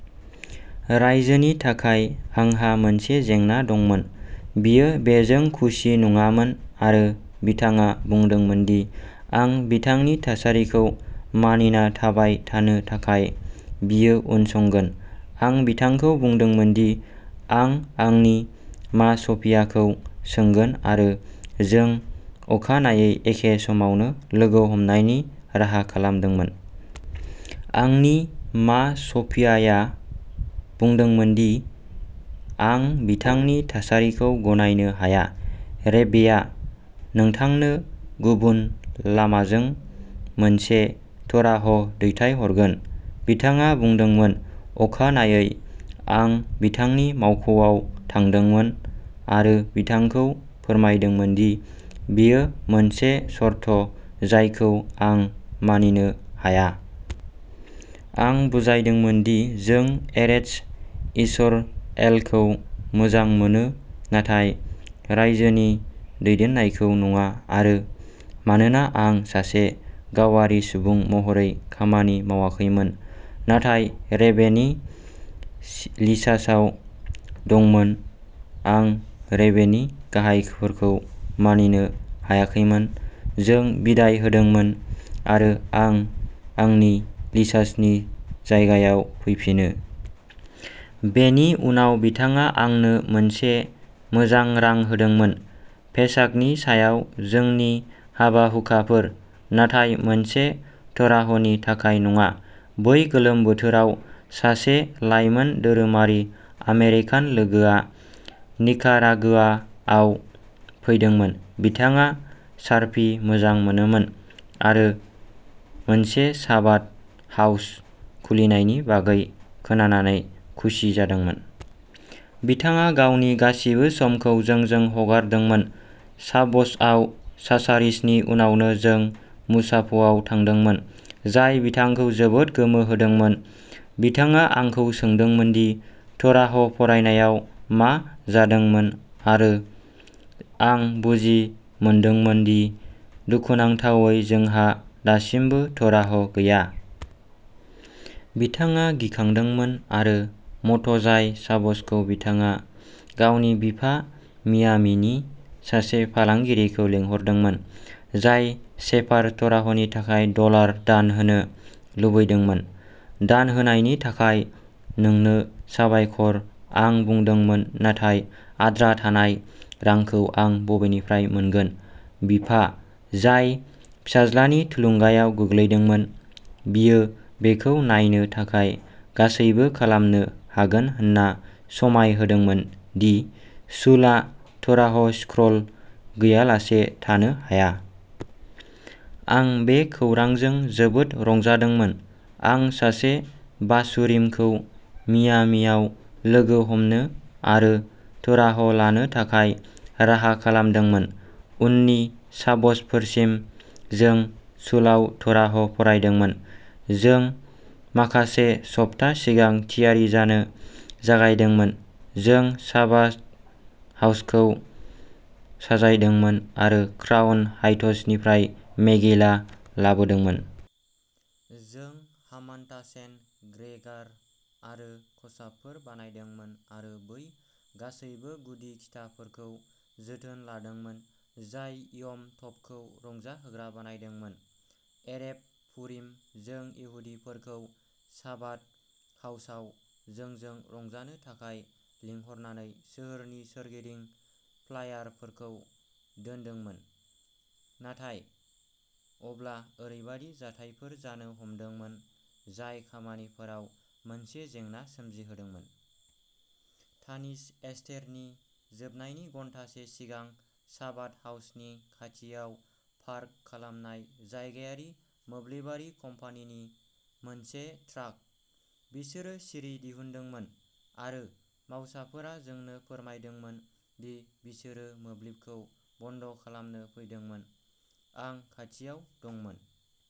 रायजोनि थाखाय आंहा मोनसे जेंना दंमोन। बियो बेजों खुसि नङामोन आरो बिथाङा बुंदोंमोन दि आं बिथांनि थासारिखौ मानिना थाबाय थानो थाखाय बियो उनसंगोन। आं बिथांखौ बुंदोंमोन दि आं आंनि माशपियाखौ सोंगोन आरो जों अखानायै एखे समावनो लोगो हमनायनि राहा खालामदोंमोन। आंनि माशपियाया बुंदोंमोन दि आं बिथांनि थासारिखौ गनायनो हाया।'रेब्बेआ नोंथांनो गुबुन लामाजों मोनसे तोराह दैथायहरगोन', बिथाङा बुंदोंमोन। "अखानायै, आं बिथांनि मावख'आव थांदोंमोन आरो बिथांखौ फोरमायदोंमोन दि बेयो मोनसे सर्त जायखौ आं मानिनो हाया। आं बुजायदोंमोन दि जों एरेटज यिसर'एलखौ मोजां मोनो नाथाय रायजोनि दैदेननायखौ नङा, आरो मानोना आं सासे गावारि सुबुं महरै खामानि मावाखैमोन नाथाय रेबेनि श्लिचासआव दंमोन, आं रेबेनि गाहायफोरखौ मानिनो हायाखैमोन। जों बिदाय होदोंमोन आरो आं आंनि श्लिचासनि जायगायाव फैफिनो। बेनि उनाव बिथाङा आंनो मोनसे मोजां रां होदोंमोन। पेसाखनि सायाव जोंनि हाबा-हुखाफोर, नाथाय मोनसे तोराहनि थाखाय नङा। "बै गोलोम बोथोराव, सासे लाइमोन धोरोमारि आमेरिकान लोगोआ निकारागुआआव फैदोंमोन। बिथाङा सार्फिं मोजां मोनोमोन आरो मोनसे चाबाद हाउस खुलिनायनि बागै खोनानानै खुसि जादोंमोन। बिथाङा गावनि गासिबो समखौ जोंजों हगारदोंमोन। शाब्ब'सआव, शाचारिसनि उनावनो जों मुसाफआव थांदोंमोन, जाय बिथांखौ जोबोद गोमोहोदोंमोन। बिथाङा आंखौ सोंदोंमोन दि तोराह फरायनायाव मा जादोंमोन, आरो आं बुजिमोदोंमोन दि दुखुनांथावै जोंहा दासिमबो तोराह गैया।" बिथाङा गिखांदोंमोन आरो म'टजाइ शाब्ब'सखौ बिथाङा गावनि बिफा, मियामीनि सासे फालांगियारिखौ लिंहरदोंमोन, जाय सेफार तोराहनि थाखाय दलार दान होनो लुबैदोंमोन।'दान होनायनि थाखाय नोंनो साबायखर,'आं बुंदोंमोन,'नाथाय आद्रा थानाय रांखौ आं बबेनिफ्राय मोनगोन?'बिफा, जाय फिसाज्लानि थुलुंगायाव गोग्लैदोंमोन, बियो बेखौ नायनो थाखाय गासैबो खालामनो हागोन होनना समाय होदोंमोन दि शुलआ तोराह स्क्र'ल गैयालासे थानो हाया। "आं बे खौरांजों जोबोद रंजादोंमोन। आं सासे बाचुरिमखौ मियामीआव लोगो हमनो आरो तोराह लानो थाखाय राहा खालामदोंमोन। उननि शाब्ब'फोरसिम, जों शुलआव तोराह फरायदोंमोन।" जों माखासे सप्ता सिगां थियारि जानो जागायदोंमोन। जों चाबाद हाउसखौ साजायदोंमोन आरो क्राउन हाइट्सनिफ्राय मेगिला लाबोदोंमोन। जों हामान्टाशेन, ग्रेगार आरो खसाबफोर बानायदोंमोन आरो बै गासैबो गुदि खिथाफोरखौ जोथोन लादोंमोन जाय यम टभखौ रंजाहोग्रा बानायदोंमोन। एरेभ पुरिम जों इहुदिफोरखौ चाबाद हाउसआव जोंजों रंजानो थाखाय लिंहरनानै सोहोरनि सोरगिदिं फ्लायारफोरखौ दोनदोंमोन। "नाथाय अब्ला ओरैबायदि जाथायफोर जानो हमदोंमोन जाय खामानिफोराव मोनसे जेंना सोमजिहोदोंमोन। तानिस एस्तेरनि जोबनायनि घन्टासे सिगां, चाबाद हाउसनि खाथियाव पार्क खालामनाय जायगायारि मोब्लिबारि कम्पानिनि मोनसे ट्राक। बिसोरो सिरि दिहुनदोंमोन आरो मावसाफोरा जोंनो फोरमायदोंमोन दि बिसोरो मोब्लिबखौ बन्द खालामनो फैदोंमोन। आं खाथियाव दंमोन।